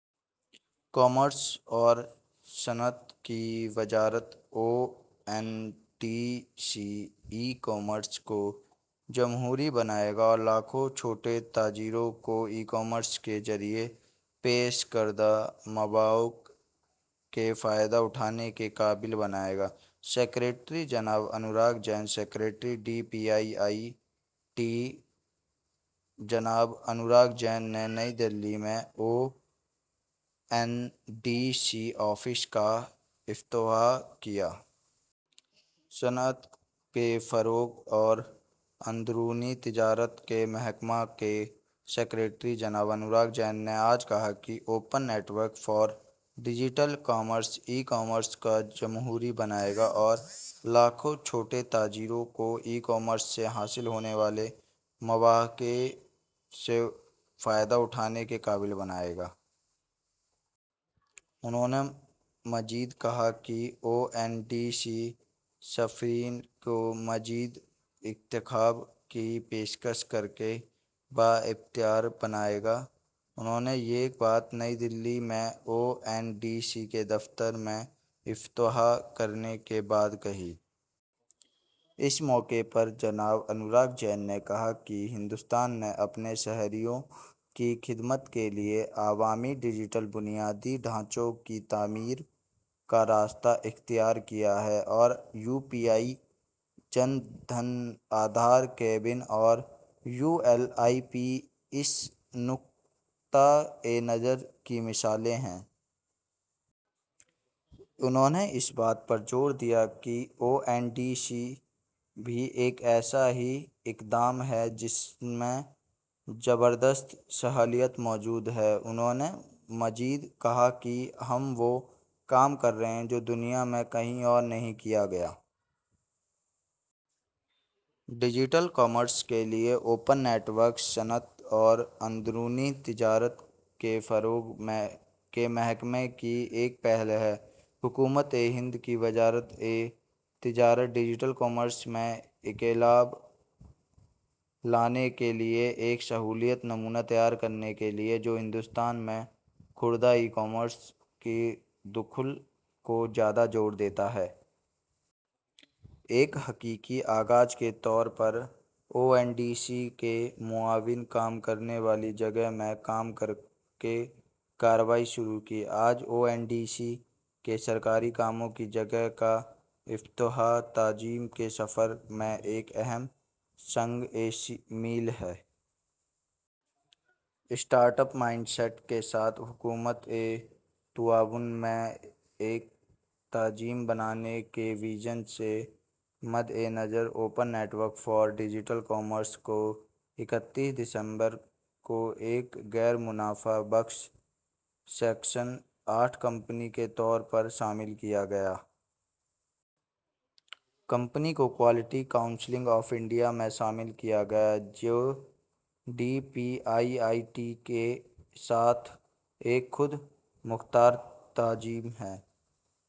Commerce اور صنعت کی وزارت O N D C e commerce کو جمہوری بنائے گا اور لاکھوں چھوٹے تاجروں کو ای کامرس کے ذریعے پیش کردہ مواقع سے فائدہ اٹھانے کے قابل بنائے گا: سکریٹری جناب Anurag Jain secretary D P I I T, جناب انوراگ جین نے نئی دہلی میں O N D C office کا افتتاح کیا۔ صنعت کی فروغ اور اندرونی تجارت کے محکمہ کے سکریٹری، جناب انوراگ جین نے آج کہا کہ open network for digital commerce e commerce کو جمہوری بنائے گا اور لاکھوں چھوٹے تاجروں کو ای کامرس سے حاصل ہونے والے مواقع سے فائدہ اٹھانے کے قابل بنائے گا۔ انہوں نے مزید کہا کہ او این ڈی سی صارفین کو مزید انتخاب کی پیشکش کرکے بااختیار بنائے گا۔ انہوں نے یہ بات نئی دہلی میں او این ڈی سی کے دفتر کا افتتاح کرنے کے بعد کہی۔ اس موقع پر جناب انوراگ جین نے کہا کہ ہندوستان نے اپنے شہریوں کی خدمت کے لیے عوامی ڈیجیٹل بنیادی ڈھانچے کی تعمیر کا راستہ اختیار کیا ہے اور یو پی آئی، جن دھن، آدھار، کووِن اور یو ایل آئی پی اس نقطہ نظر کی مثالیں ہیں۔ انہوں نے اس بات پر زور دیا کہ او این ڈی سی بھی ایک ایسا ہی اقدام ہے جس میں زبردست صلاحیت موجود ہے۔ انہوں نے مزید کہا کہ ہم وہ کام کر رہے ہیں جو دنیا میں کہیں اور نہیں کیا گیا۔ ڈیجیٹل کامرس کے لیے اوپن نیٹ ورک، صنعت اور اندرونی تجارت کے فروغ کے محکمے کی ایک پہل ہے، حکومتِ ہند کی وزارتِ تجارت، ڈیجیٹل کامرس میں انقلاب لانے کے لیے ایک سہولتی نمونہ تیار کرنے کے لیے، جو ہندوستان میں خوردہ ای کامرس کے دخول کو زیادہ زور دیتا ہے۔ ایک حقیقی آغاز کے طور پر، او این ڈی سی نے معاون کام کرنے والی جگہ میں کام کرکے کارروائی شروع کی۔ آج، او این ڈی سی کے سرکاری کام کی جگہ کا افتتاح، تنظیم کے سفر میں ایک اہم سنگِ میل ہے۔ اسٹارٹ اپ مائنڈ سیٹ کے ساتھ حکومت کے تعاون سے ایک تنظیم بنانے کے وژن کے مدِنظر، ''open network for digital commerce'' کو اکتیس دسمبر کو ایک غیر منافع بخش، سیکشن آٹھ کمپنی کے طور پر شامل کیا گیا۔ کمپنی کو کوالٹی کونسل آف انڈیا میں شامل کیا گیا، جو D P I I T کے ساتھ ایک خود مختار تنظیم ہے۔